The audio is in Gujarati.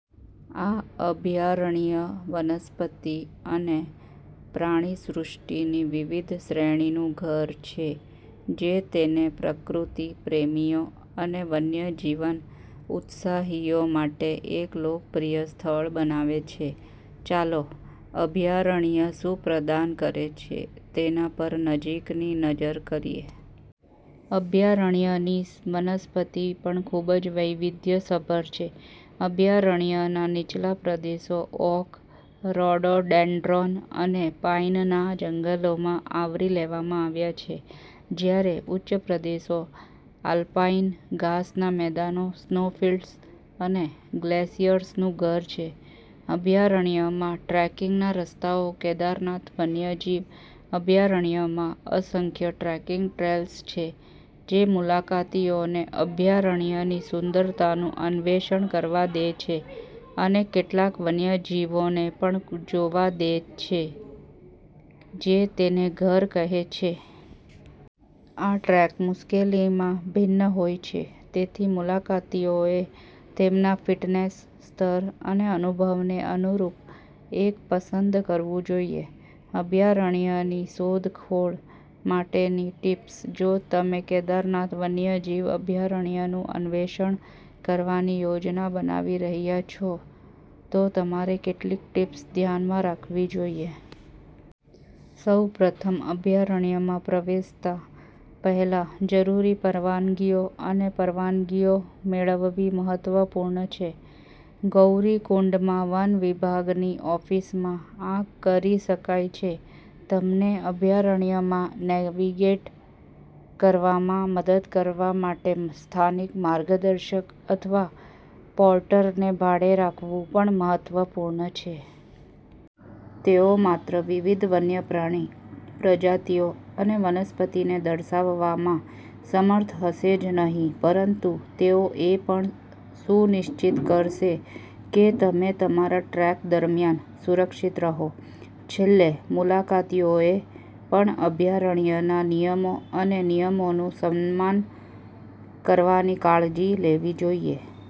આ અભયારણ્ય વનસ્પતિ અને પ્રાણીસૃષ્ટિની વિવિધ શ્રેણીનું ઘર છે જે તેને પ્રકૃતિ પ્રેમીઓ અને વન્યજીવન ઉત્સાહીઓ માટે એક લોકપ્રિય સ્થળ બનાવે છે. ચાલો અભયારણ્ય શું પ્રદાન કરે છે તેના પર નજીકથી નજર કરીએ. અભયારણ્યની વનસ્પતિ પણ ખૂબ જ વૈવિધ્યસભર છે. અભયારણ્યના નીચલા પ્રદેશો ઓક, રોડોડેન્ડ્રોન અને પાઈનના જંગલોમાં આવરી લેવામાં આવ્યા છે, જ્યારે ઉચ્ચ પ્રદેશો આલ્પાઈન ઘાસના મેદાનો, સ્નોફિલ્ડ્સ અને ગ્લેશિયર્સનું ઘર છે. અભયારણ્યમાં ટ્રેકિંગના રસ્તાઓ કેદારનાથ વન્યજીવ અભયારણ્યમાં અસંખ્ય ટ્રેકિંગ ટ્રેલ્સ છે જે મુલાકાતીઓને અભયારણ્યની સુંદરતાનું અન્વેષણ કરવા દે છે અને કેટલાક વન્યજીવોને પણ જોવા દે છે જે તેને ઘર કહે છે. આ ટ્રેક મુશ્કેલીમાં ભિન્ન હોય છે, તેથી મુલાકાતીઓએ તેમના ફિટનેસ સ્તર અને અનુભવને અનુરૂપ એક પસંદ કરવું જોઈએ. અભયારણ્યની શોધખોળ માટેની ટિપ્સ જો તમે કેદારનાથ વન્યજીવ અભયારણ્યનું અન્વેષણ કરવાની યોજના બનાવી રહ્યા છો, તો તમારે કેટલીક ટીપ્સ ધ્યાનમાં રાખવી જોઈએ. સૌપ્રથમ, અભયારણ્યમાં પ્રવેશતા પહેલા જરૂરી પરવાનગીઓ અને પરવાનગીઓ મેળવવી મહત્વપૂર્ણ છે. ગૌરીકુંડમાં વન વિભાગની ઓફિસમાં આ કરી શકાય છે. તમને અભયારણ્યમાં નેવિગેટ કરવામાં મદદ કરવા માટે સ્થાનિક માર્ગદર્શક અથવા પોર્ટરને ભાડે રાખવું પણ મહત્વપૂર્ણ છે. તેઓ માત્ર વિવિધ વન્યપ્રાણી પ્રજાતિઓ અને વનસ્પતિને દર્શાવવામાં સમર્થ હશે જ નહીં, પરંતુ તેઓ એ પણ સુનિશ્ચિત કરશે કે તમે તમારા ટ્રેક દરમિયાન સુરક્ષિત રહો. છેલ્લે, મુલાકાતીઓએ પણ અભયારણ્યના નિયમો અને નિયમોનું સન્માન કરવાની કાળજી લેવી જોઈએ.